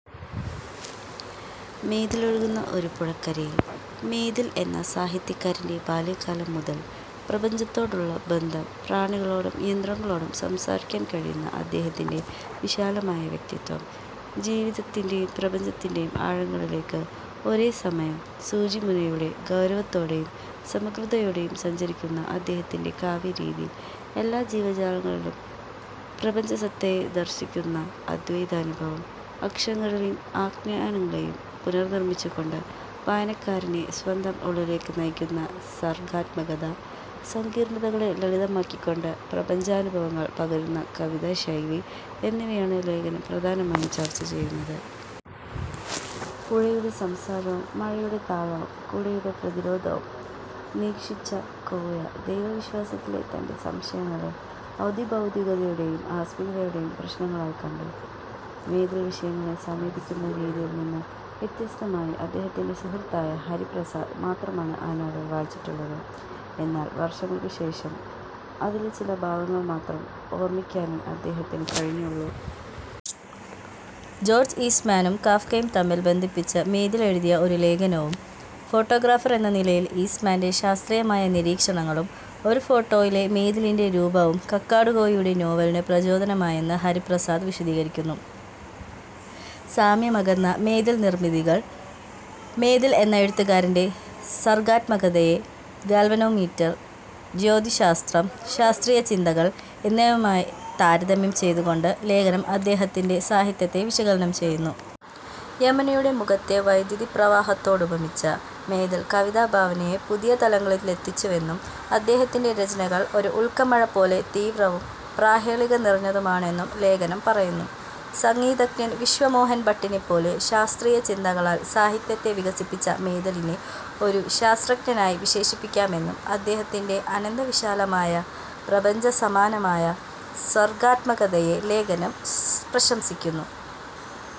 മേതിലൊഴുകുന്ന ഒരു പുഴക്കരയിൽ... മേതിൽ എന്ന സാഹിത്യകാരന്റെ ബാല്യകാലം മുതൽ പ്രപഞ്ചത്തോടുള്ള ബന്ധം, പ്രാണികളോടും യന്ത്രങ്ങളോടും സംസാരിക്കാൻ കഴിയുന്ന അദ്ദേഹത്തിൻ്റെ വിശാലമായ വ്യക്തിത്വം, ജീവിതത്തിൻ്റെയും പ്രപഞ്ചത്തിൻ്റെയും ആഴങ്ങളിലേക്ക് ഒരേ സമയം സൂചിമുനയുടെ ഗൗരവത്തോടെയും സമഗ്രതയോടെയും സഞ്ചരിക്കുന്ന അദ്ദേഹത്തിൻ്റെ കാവ്യ രീതി, എല്ലാ ജീവജാലങ്ങളിലും പ്രപഞ്ചസത്തയെ ദർശിക്കുന്ന അദ്വൈതാനുഭവം, അക്ഷരങ്ങളെയും ആഖ്യാനങ്ങളെയും പുനർനിർമ്മിച്ചുകൊണ്ട് വായനക്കാരനെ സ്വന്തം ഉള്ളിലേക്ക് നയിക്കുന്ന സർഗ്ഗാത്മകത, സങ്കീർണ്ണതകളെ ലളിതമാക്കിക്കൊണ്ട് പ്രപഞ്ചാനുഭവങ്ങൾ പകരുന്ന കവിതാ ശൈലി എന്നിവയാണ് ലേഖനം പ്രധാനമായും ചർച്ച ചെയ്യുന്നത്. പുഴയുടെ സംസാരവും മഴയുടെ താളവും കുടയുടെ പ്രതിരോധവും നിരീക്ഷിച്ച കോയ, ദൈവവിശ്വാസത്തിലെ തന്റെ സംശയങ്ങളെ അതിഭൗതികതയുടെയും ആകസ്മികതയുടെയും പ്രശ്നങ്ങളായി കണ്ടു, മേതിൽ വിഷയങ്ങളെ സമീപിക്കുന്ന രീതിയിൽ നിന്ന് വ്യത്യസ്തമായി. അദ്ദേഹത്തിന്റെ സുഹൃത്തായ ഹരിപ്രസാദ് മാത്രമാണ് ആ നോവൽ വായിച്ചിട്ടുള്ളത്, എന്നാൽ വർഷങ്ങൾക്കുശേഷം അതിലെ ചില ഭാഗങ്ങൾ മാത്രം ഓർമ്മിക്കാനേ അദ്ദേഹത്തിന് കഴിഞ്ഞുള്ളൂ. ജോർജ് ഈസ്റ്റ്മാനും കാഫ്കയും തമ്മിൽ ബന്ധിപ്പിച്ച് മേതിൽ എഴുതിയ ഒരു ലേഖനവും, ഫൊട്ടോഗ്രാഫർ എന്ന നിലയിൽ ഈസ്റ്റ്മാന്റെ ശാസ്ത്രീയമായ നിരീക്ഷണങ്ങളും, ഒരു ഫോട്ടോയിലെ മേതിലിന്റെ രൂപവും കക്കാടുകോയയുടെ നോവലിന് പ്രചോദനമായെന്ന് ഹരിപ്രസാദ് വിശദീകരിക്കുന്നു. സാമ്യമകന്ന മേതിൽനിർമിതികൾ മേതിൽ എന്ന എഴുത്തുകാരന്റെ സർഗ്ഗാത്മകതയെ ഗാൽവനോമീറ്റർ, ജ്യോതിശാസ്ത്രം, ശാസ്ത്രീയ ചിന്തകൾ എന്നിവയുമായി താരതമ്യം ചെയ്തുകൊണ്ട് ലേഖനം അദ്ദേഹത്തിന്റെ സാഹിത്യത്തെ വിശകലനം ചെയ്യുന്നു. യമുനയുടെ മുഖത്തെ വൈദ്യുതിപ്രവാഹത്തോടുപമിച്ച് മേതിൽ കവിതാഭാവനയെ പുതിയ തലങ്ങളിലെത്തിച്ചുവെന്നും, അദ്ദേഹത്തിന്റെ രചനകൾ ഒരു ഉൽക്കമഴ പോലെ തീവ്രവും, പ്രഹേളിക നിറഞ്ഞതുമാണെന്നും ലേഖനം പറയുന്നു. സംഗീതജ്ഞൻ വിശ്വമോഹൻ ഭട്ടിനെപ്പോലെ ശാസ്ത്രീയ ചിന്തകളാൽ സാഹിത്യത്തെ വികസിപ്പിച്ച മേതിലിനെ ഒരു ശാസ്ത്രജ്ഞനായി വിശേഷിപ്പിക്കാമെന്നും, അദ്ദേഹത്തിന്റെ അനന്തവിശാലമായ പ്രപഞ്ചസമാനമായ സർഗ്ഗാത്മകതയെ ലേഖനം പ്രശംസിക്കുന്നു.